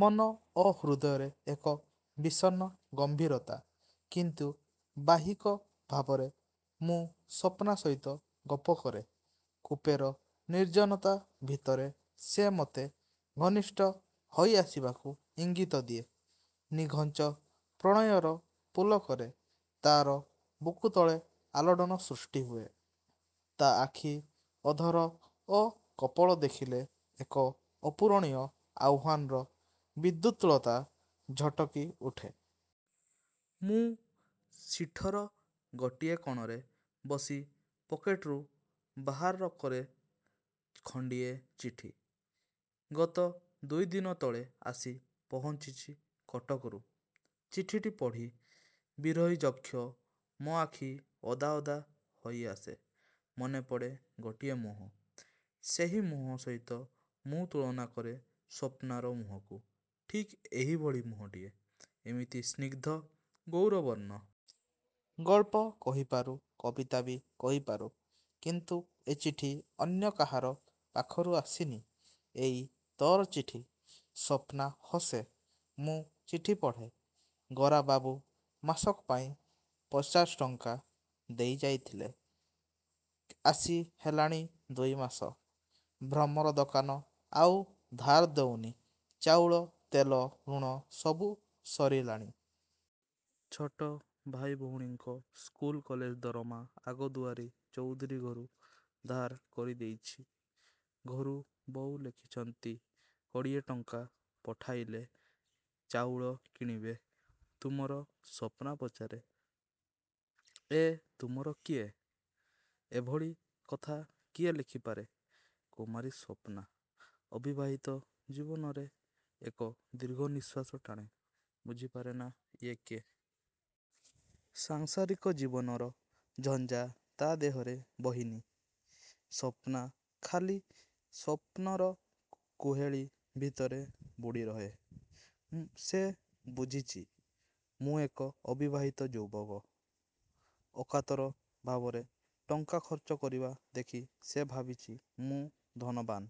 ମନ ଓ ହୃଦୟରେ ଏକ ବିଷର୍ଣ୍ଣ ଗମ୍ଭୀରତା। କିନ୍ତୁ ବାହ୍ୟିକ ଭାବରେ ମୁଁ ସ୍ୱପ୍ନା ସହିତ ଗପ କରେ। କୁପେର ନିର୍ଜନତା ଭିତରେ ସେ ମତେ ଘନିଷ୍ଠ ହୋଇଆସିବାକୁ ଇଙ୍ଗିତ ଦିଏ। ନିଘଞ୍ଚ ପ୍ରଣୟର ପୁଲକରେ ତାର ବୁକୁତଳେ ଆଲୋଡ଼ନ ସୃଷ୍ଟି ହୁଏ-ତା ଆଖି, ଅଧର ଓ କପୋଳ ଦେଖିଲେ ଏକ ଅପୂରଣୀୟ ଆହ୍ୱାନର ବିଦ୍ୟୁତ୍ଲତା ଝଟକି ଉଠେ। ମୁଁ ସିଠର ଗୋଟିଏ କଣରେ ବସି ପକେଟରୁ ବାହାରକରେ ଖଣ୍ଡିଏ ଚିଠି-ଗତ ଦୁଇ ଦିନ ତଳେ ଆସି ପହଞ୍ଚିଚି କଟକରୁ। ଚିଠିଟି ପଢ଼ି ବିରହୀ ଯକ୍ଷ ମୋ ଆଖି ଓଦା ଓଦା ହୋଇଆସେ। ମନେପଡ଼େ ଗୋଟିଏ ମୁହଁ। ସେହି ମୁହଁ ସହିତ ମୁଁ ତୁଳନା କରେ ସ୍ୱପ୍ନାର ମୁହଁକୁ ଠିକ୍ ଏହିଭଳି ମୁହଁଟିଏ, ଏମିତି ସ୍ନିଗ୍ଧ, ଗୌରବର୍ଣ୍ଣ। -ଗଳ୍ପ କହିପାରୁ, କବିତା ବି କହିପାରୁ। କିନ୍ତୁ ଏ ଚିଠି ଅନ୍ୟ କାହାର ପାଖରୁ ଆସିନି, ଏଇ ତୋର ଚିଠି। ସ୍ୱପ୍ନା ହସେ। ମୁଁ ଚିଠି ପଢ଼େ-। ଗୋରାବାବୁ, ମାସକ ପାଇଁ ପଚାଶ ଟଙ୍କା ଦେଇଯାଇଥିଲେ, ଆସି ହେଲାଣି ଦୁଇ ମାସ। ଭ୍ରମର ଦୋକାନ ଆଉ ଧାର ଦେଉନି-ଚାଉଳ, ତେଲ, ଲୁଣ ସବୁ ସରିଲାଣି। ଛୋଟ ଭାଇ ଭଉଣୀଙ୍କ ସ୍କୁଲ କଲେଜ ଦରମା ଆଗଦୁଆରୀ ଚୌଧୁରୀ ଘରୁ ଧାର କରି ଦେଇଚି। ଘରୁ ବୋଉ ଲେଖିଚନ୍ତି କୋଡ଼ିଏ ଟଙ୍କା ପଠାଇଲେ ଚାଉଳ କିଣିବେ। ''ତୁମର'' ସ୍ୱପ୍ନା ପଚାରେ, ଏ 'ତୁମର' କିଏ? -ଏଭଳି କଥା କିଏ ଲେଖିପାରେ? କୁମାରୀ ସ୍ୱପ୍ନା। ଅବିବାହିତ ଜୀବନରେ ଏକ ଦୀର୍ଘ ନିଶ୍ୱାସ ଟାଣେ, ବୁଝିପାରେନା ଇଏ କିଏ? ସାଂସାରିକ ଜୀବନର ଝଞ୍ଜା ତା ଦେହରେ ବହିନି। ସ୍ୱପ୍ନା ଖାଲି ସ୍ୱପ୍ନର କୁହେଳି ଭିତରେ ବୁଡ଼ିରହେ। ସେ ବୁଝିଚି, ମୁଁ ଏକ ଅବିବାହିତ ଯୁବକ। ଅକାତର ଭାବରେ ଟଙ୍କା ଖର୍ଚ୍ଚ କରିବା ଦେଖି ସେ ଭାବିଚି ମୁଁ ଧନବାନ।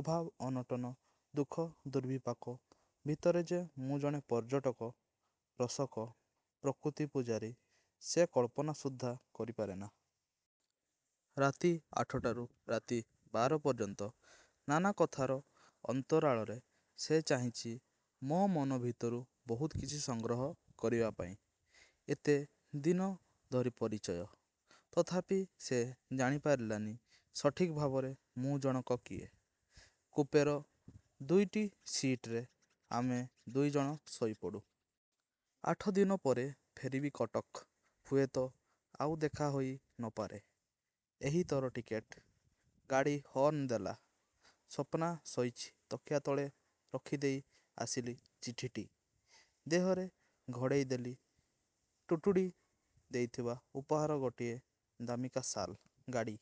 ଅଭାବ-ଅନାଟନ, ଦୁଃଖ ଦୁର୍ବିପାକ ଭିତରେ ଯେ ମୁଁ ଜଣେ ପର୍ଯ୍ୟଟକ, ରସକ, ପ୍ରକୃତିର ପୂଜାରୀ, ସେ କଳ୍ପନା ସୁଦ୍ଧା କରିପାରେନା। ରାତି ଆଠରୁ ରାତି ବାର ପର୍ଯ୍ୟନ୍ତ ନାନା କଥାର ଅନ୍ତରାଳରେ ସେ ଚାହିଁଚି ମୋ ମନ ଭିତରୁ ବହୁତ କିଛି ସଂଗ୍ରହ କରିବା ପାଇଁ। ଏତେ ଦିନ ଧରି ପରିଚୟ, ତଥାପି ସେ ଜାଣିପାରିଲାନି ସଠିକ୍ ଭାବରେ ମୁଁ ଜଣକ କିଏ? କୁପେର ଦୁଇଟି ସିଟରେ ଆମେ ଦୁଇ ଜଣ ଶୋଇପଡ଼ୁ। ଆଠ ଦିନ ପରେ ଫେରିବି କଟକ। ହୁଏତ ଆଉ ଦେଖା ହୋଇ ନ ପାରେ। ଏହି ତୋର ଟିକେଟ। ଗାଡ଼ି ହର୍ଣ୍ଣ ଦେଲା। ସ୍ୱପ୍ନା ଶୋଇଚି-ତକିଆ ତଳେ ରଖିଦେଇ ଆସିଲି ଚିଠିଟି, ଦେହରେ ଘୋଡ଼େଇ ଦେଲି ଟୁଟୁଦି ଦେଇଥିବା ଉପହାର ଗୋଟିଏ ଦାମିକା ଶାଲ୍। ଗାଡ଼ି